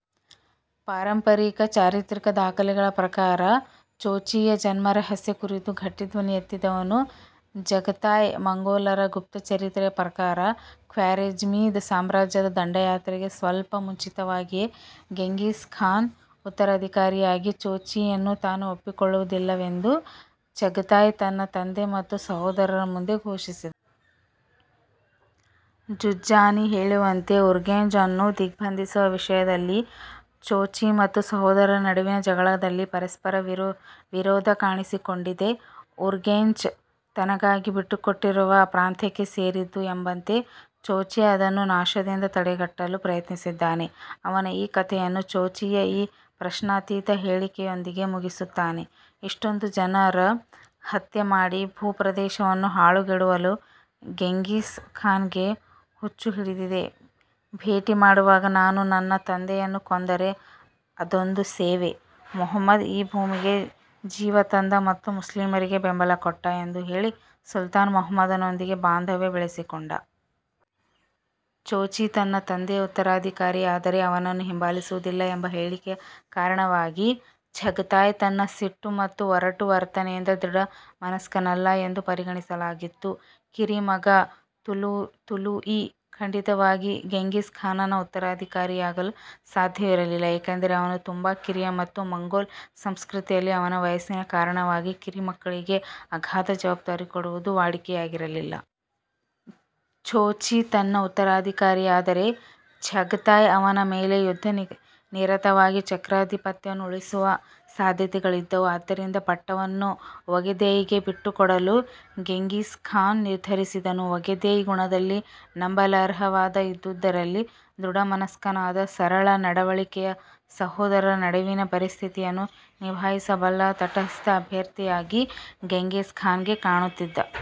ಪಾರಂಪರಿಕ, ಚಾರಿತ್ರಿಕ ದಾಖಲೆಗಳ ಪ್ರಕಾರ ಜೋಚಿಯ ಜನ್ಮರಹಸ್ಯ ಕುರಿತು ಗಟ್ಟಿ ಧ್ವನಿ ಎತ್ತಿದವನು ಚಗತಾಯ್. ಮಂಗೋಲರ ಗುಪ್ತ ಚರಿತ್ರೆಯ ಪ್ರಕಾರ ಖ್ವಾರೆಝ್ಮಿದ್ ಸಾಮ್ರಾಜ್ಯದ ದಂಡಯಾತ್ರೆಗೆ ಸ್ವಲ್ಪ ಮುಂಚಿತವಾಗಿ ಗೆಂಘಿಸ್ ಖಾನ್ನ ಉತ್ತರಾಧಿಕಾರಿಯಾಗಿ ಜೋಚಿಯನ್ನು ತಾನು ಒಪ್ಪಿಕೊಳ್ಳುವುದಿಲ್ಲವೆಂದು ಚಗತಾಯ್ ತನ್ನ ತಂದೆ ಮತ್ತು ಸಹೋದರರ ಮುಂದೆ ಘೋಷಿಸಿದ. ಜುಝ್ಜಾನಿ ಹೇಳುವಂತೆ ಉರ್ಗೆಂಚ್ ಅನ್ನು ದಿಗ್ಭಂಧಿಸುವ ವಿಷಯದಲ್ಲಿ ಜೋಚಿ ಮತ್ತು ಸಹೋದರರ ನಡುವಿನ ಜಗಳದಲ್ಲಿ ಪರಸ್ಪರ ವಿರೋಧ ಕಾಣಿಸಿಕೊಂಡಿದೆ. ಉರ್ಗೆಂಚ್ ತನಗಾಗಿ ಬಿಟ್ಟುಕೊಟ್ಟಿರುವ ಪ್ರಾಂತ್ಯಕ್ಕೆ ಸೇರಿದ್ದು ಎಂಬಂತೆ ಜೋಚಿ ಅದನ್ನು ನಾಶದಿಂದ ತಡೆಗಟ್ಟಲು ಪ್ರಯತ್ನಿಸಿದ್ದಾನೆ. ಅವನ ಈ ಕತೆಯನ್ನು ಜೋಚಿಯ ಈ ಪ್ರಶ್ನಾತೀತ ಹೇಳಿಕೆಯೊಂದಿಗೆ ಮುಗಿಸುತ್ತಾನೆ: " ಇಷ್ಟೊಂದು ಜನರ ಹತ್ಯೆ ಮಾಡಿ, ಭೂ ಪ್ರದೇಶವನ್ನು ಹಾಳುಗೆಡವಲು ಗೆಂಘಿಸ್ ಖಾನ್ಗೆ ಹುಚ್ಚು ಹಿಡಿದಿದೆ, ಭೇಟಿಮಾಡುವಾಗ ನಾನು ನನ್ನ ತಂದೆಯನ್ನು ಕೊಂದರೆ ಅದೊಂದು ಸೇವೆ, ಮೊಹಮ್ಮದ್ ಈ ಭೂಮಿಗೆ ಜೀವ ತಂದ ಮತ್ತು ಮುಸ್ಲಿಮರಿಗೆ ಬೆಂಬಲ ಕೊಟ್ಟ" ಎಂದು ಹೇಳಿ ಸುಲ್ತಾನ್ ಮೊಹಮ್ಮದನೊಂದಿಗೆ ಬಾಂಧವ್ಯ ಬೆಳೆಸಿಕೊಂಡ. ಜೋಚಿ ತನ್ನ ತಂದೆಯ ಉತ್ತರಾಧಿಕಾರಿಯಾದರೆ ಅವನನ್ನು ಹಿಂಬಾಲಿಸುವುದಿಲ್ಲ ಎಂಬ ಹೇಳಿಕೆಯ ಕಾರಣವಾಗಿ ಚಗತಾಯ್ ತನ್ನ ಸಿಟ್ಟು ಮತ್ತು ಒರಟು ವರ್ತನೆಯಿಂದ ದೃಢ ಮನಸ್ಕನಲ್ಲ ಎಂದು ಪರಿಗಣಿಸಲಾಗಿತ್ತು. ಕಿರಿಮಗ ತೊಲೂಯಿ ಖಂಡಿತವಾಗಿ ಗೆಂಘಿಸ್ ಖಾನನ ಉತ್ತರಾಧಿಕಾರಿಯಾಗಲು ಸಾಧ್ಯವಿರಲಿಲ್ಲ ಏಕೆಂದರೆ ಅವನು ತುಂಬಾ ಕಿರಿಯ ಮತ್ತು ಮಂಗೋಲ್ ಸಂಸ್ಕೃತಿಯಲ್ಲಿ ಅವರ ವಯಸ್ಸಿನ ಕಾರಣವಾಗಿ ಕಿರಿಮಕ್ಕಳಿಗೆ ಅಗಾಧ ಜವಾಬ್ಧಾರಿ ಕೊಡುವುದು ವಾಡಿಕೆಯಾಗಿರಲಿಲ್ಲ. ಜೋಚಿ ತನ್ನ ಉತ್ತರಾಧಿಕಾರಿಯಾದರೆ, ಚಗತಾಯ್ ಅವನ ಮೇಲೆ ಯುದ್ಧ ನಿರತವಾಗಿ ಚಕ್ರಾಧಿಪತ್ಯವನ್ನು ಉರುಳಿಸುವ ಸಾಧ್ಯತೆಗಳಿದ್ದವು. ಆದ್ದರಿಂದ ಪಟ್ಟವನ್ನು ಒಗೆದೆಯ್ಗೆ ಬಿಟ್ಟುಕೊಡಲು ಗೆಂಘಿಸ್ ಖಾನ್ ನಿರ್ಧರಿಸಿದನು. ಒಗೆದೆಯ್ ಗುಣದಲ್ಲಿ ನಂಬಲರ್ಹವಾದ, ಇದ್ದುದರಲ್ಲಿ ದೃಢಮನಸ್ಕನಾದ ಸರಳ ನಡವಳಿಕೆಯ ಸಹೋದರರ ನಡುವಿನ ಪರಿಸ್ಥಿತಿಯನ್ನು ನಿಭಾಯಿಸ ಬಲ್ಲ ತಟಸ್ಥ ಅಭ್ಯರ್ಥಿಯಾಗಿ ಗೆಂಘಿಸ್ ಖಾನ್ಗೆ ಕಾಣುತ್ತಿದ್ದ.